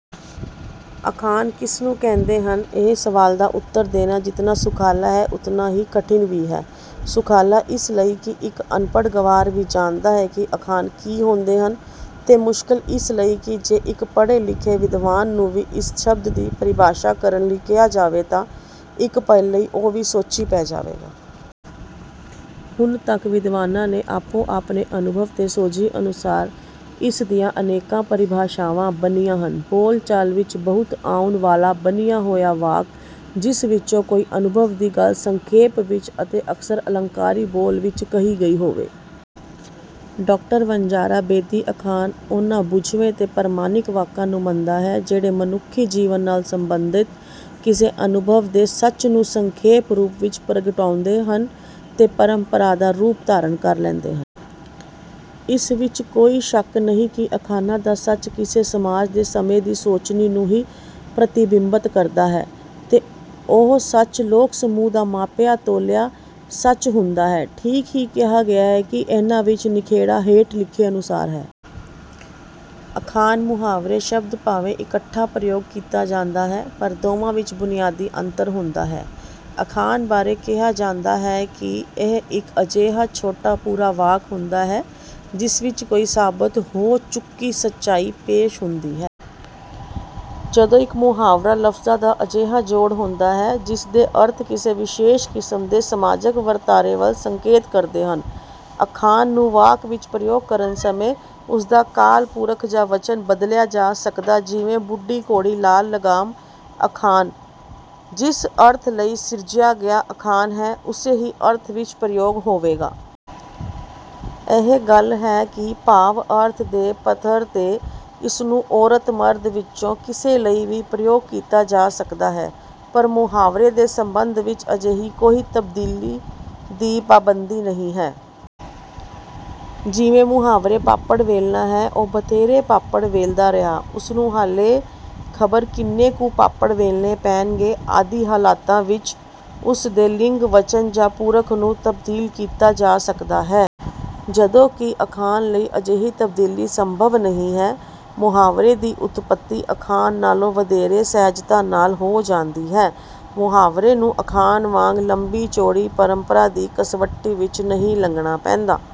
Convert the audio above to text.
ਅਖਾਣ ਕਿਸ ਨੂੰ ਕਹਿੰਦੇ ਹਨ ਇਸ ਸਵਾਲ ਦਾ ਉੱਤਰ ਦੇਣਾ ਜਿਤਨਾ ਸੁਖਾਲਾ ਹੈ ਉਤਨਾ ਹੀ ਕਠਿਨ ਵੀ ਹੈ। ਸੁਖਾਲਾ ਇਸ ਲਈ ਕਿ ਇੱਕ ਅਨਪੜ੍ਹ ਗੰਵਾਰ ਵੀ ਜਾਣਦਾ ਹੈ ਕਿ ਅਖਾਣ ਕੀ ਹੁੰਦੇ ਹਨ ਤੇ ਮੁਸ਼ਕਲ ਇਸ ਲਈ ਕਿ ਜੇ ਇੱਕ ਪੜ੍ਹੇ ਲਿਖੇ ਵਿਦਵਾਨ ਨੂੰ ਵੀ ਇਸ ਸ਼ਬਦ ਦੀ ਪਰਿਭਾਸ਼ਾ ਕਰਨ ਲਈ ਕਹਿਆ ਜਾਵੇ ਤਾਂ ਇੱਕ ਪਲ ਲਈ ਉਹ ਵੀ ਸੋਚੀ ਪੈ ਜਾਵੇਗਾ। ਹੁਣ ਤੱਕ ਵਿਦਵਾਨਾਂ ਨੇ ਆਪੋ ਆਪਣੇ ਅਨੁਭਵ ਤੇ ਸੋਝੀ ਅਨੁਸਾਰ ਇਸ ਦੀਆਂ ਅਨੇਕਾਂ ਪਰਿਭਾਸ਼ਾਵਾਂ ਬੰਨ੍ਹੀਆਂ ਹਨ। ਬੋਲਚਾਲ ਵਿੱਚ ਬਹੁਤ ਆਉਣ ਵਾਲਾ ਬੰਨ੍ਹਿਆ ਹੋਇਆ ਵਾਕ ਜਿਸ ਵਿੱਚੋ ਕੋਈ ਅਨੁਭਵ ਦੀ ਗੱਲ ਸੰਖੇਪ ਵਿੱਚ ਅਤੇ ਅਕਸਰ ਅਲੰਕਾਰੀ ਬੋਲ ਵਿੱਚ ਕਹੀ ਗਈ ਹੋਵੇ। ਡਾਕਟਰ ਵਣਜਾਰਾ ਬੇਦੀ ਅਖਾਣ ਉਹਨਾਂ ਬੁੱਝਵੇਂ ਤੇ ਪ੍ਰਮਾਣਿਕ ਵਾਕਾਂ ਨੂੰ ਮੰਨਦਾ ਹੈ ਜਿਹੜੇ ਮਨੁੱਖੀ ਜੀਵਨ ਨਾਲ ਸਬੰਧਤ ਕਿਸੇ ਅਨੁਭਵ ਦੇ ਸੱਚ ਨੂੰ ਸੰਖੇਪ ਰੂਪ ਵਿੱਚ ਪ੍ਰਗਟਾਉਂਦੇ ਹਨ ਅਤੇ ਪਰੰਪਰਾ ਦਾ ਰੂਪ ਧਾਰਨ ਕਰ ਲੈਂਦੇ ਹਨ। ਇਸ ਵਿੱਚ ਕੋਈ ਸ਼ੱਕ ਨਹੀਂ ਕਿ ਅਖਾਣਾਂ ਦਾ ਸੱਚ ਕਿਸੇ ਸਮਾਜ ਦੀ ਸਮੇਂ ਦੀ ਸੋਚਣੀ ਨੂੰ ਹੀ ਪ੍ਰਤੀਬਿੰਬਤ ਕਰਦਾ ਹੈ ਤੇ ਉਹ ਸੱਚ ਲੋਕ ਸਮੂਹ ਦਾ ਮਾਪਿਆਂ ਤੋਲਿਆ ਸੱਚ ਹੁੰਦਾ ਹੈ। ਠੀਕ ਹੀ ਕਿਹਾ ਗਿਆ ਹੈ ਕਿ ਇਹਨਾਂ ਵਿੱਚ ਨਿਖੇੜਾ ਹੇਠ ਲਿਖੇ ਅਨੁਸਾਰ ਹੈ। ਅਖਾਣ ਮੁਹਾਵਰੇ ਸ਼ਬਦ ਭਾਵੇਂ ਇਕੱਠਾ ਪ੍ਰਯੋਗ ਕੀਤਾ ਜਾਂਦਾ ਹੈ ਪਰ ਦੋਵਾਂ ਵਿੱਚ ਬੁਨਿਆਦੀ ਅੰਤਰ ਹੁੰਦਾ ਹੈ। ਅਖਾਣ ਬਾਰੇ ਕਿਹਾ ਜਾਂਦਾ ਹੈ ਕਿ ਇਹ ਇੱਕ ਅਜਿਹਾ ਛੋਟਾ ਪੂਰਾ ਵਾਕ ਹੁੰਦਾ ਹੈ ਜਿਸ ਵਿੱਚ ਕੋਈ ਸਾਬਤ ਹੋ ਚੁੱਕੀ ਸੱਚਾਈ ਪੇਸ਼ ਹੁੰਦੀ ਹੈ। ਜਦੋਂ ਕਿ ਮੁਹਾਵਰਾ ਲਫਜ਼ਾਂ ਦਾ ਅਜਿਹਾ ਜੋੜ ਹੁੰਦਾ ਹੈ ਜਿਸ ਦੇ ਅਰਥ ਕਿਸੇ ਵਿਸ਼ੇਸ਼ ਕਿਸਮ ਦੇ ਸਮਾਜਕ ਵਰਤਾਰੇ ਵੱਲ ਸੰਕੇਤ ਕਰਦੇ ਹਨ। ਅਖਾਣ ਨੂੰ ਵਾਕ ਵਿੱਚ ਪ੍ਰਯੋਗ ਕਰਨ ਸਮੇਂ ਉਸ ਦਾ ਕਾਲ ਪੁਰਖ ਜਾਂ ਵਚਨ ਬਦਲਿਆ ਜਾ ਸਕਦਾ ਜਿਵੇਂ ਬੁੱਢੀ ਘੋੜੀ ਲਾਲ ਲਗਾਮ ਅਖਾਣ ਜਿਸ ਅਰਥ ਲਈ ਸਿਰਜਿਆ ਗਿਆ ਅਖਾਣ ਹੈ ਉਸੇ ਹੀ ਅਰਥ ਵਿੱਚ ਪ੍ਰਯੋਗ ਹੋਵੇਗਾ। ਇਹ ਗੱਲ ਹੈ ਕਿ ਭਾਵ ਅਰਥ ਦੇ ਪੱਧਰ ਤੇ ਇਸ ਨੂੰ ਔਰਤ ਮਰਦ ਵਿੱਚੋਂ ਕਿਸੇ ਲਈ ਵੀ ਪ੍ਰਯੋਗ ਕੀਤਾ ਜਾ ਸਕਦਾ ਹੈ ਪਰ ਮੁਹਾਵਰੇ ਦੇ ਸੰਬੰਧ ਵਿੱਚ ਅਜਿਹੀ ਕੋਈ ਤਬਦੀਲੀ ਦੀ ਪਾਬੰਦੀ ਨਹੀਂ ਹੈ। ਜਿਵੇਂ ਮੁਹਾਵਰੇ ਪਾਪੜ ਵੇਲਣਾ ਹੈ। ਉਹ ਬਥੇਰੇ ਪਾਪੜ ਵੇਲਦਾ ਰਿਹਾ ਉਸ ਨੂੰ ਹਾਲੇ ਖਬਰ ਕਿੰਨੇ ਕੁ ਪਾਪੜ ਵੇਲਣੇ ਪੈਣਗੇ ਆਦਿ ਹਾਲਤਾਂ ਵਿੱਚ ਉਸ ਦੇ ਲਿੰਗ ਵਚਨ ਜਾਂ ਪੁਰਖ ਨੂੰ ਤਬਦੀਲ ਕੀਤਾ ਜਾ ਸਕਦਾ ਹੈ। ਜਦੋਂ ਕਿ ਅਖਾਣ ਲਈ ਅਜਿਹੀ ਤਬਦੀਲੀ ਸੰਭਵ ਨਹੀਂ ਹੈ। ਮੁਹਾਵਰੇ ਦੀ ਉਤਪੱਤੀ ਅਖਾਣ ਨਾਲੋਂ ਵਧੇਰੇ ਸਹਿਜਤਾ ਨਾਲ ਹੋ ਜਾਂਦੀ ਹੈ। ਮੁਹਾਵਰੇ ਨੂੰ ਅਖਾਣ ਵਾਂਗ ਲੰਬੀ ਚੌੜੀ ਪਰੰਪਰਾ ਦੀ ਕਸਵੱਟੀ ਵਿੱਚ ਨਹੀਂ ਲੰਘਦਾ ਪੈਂਦਾ।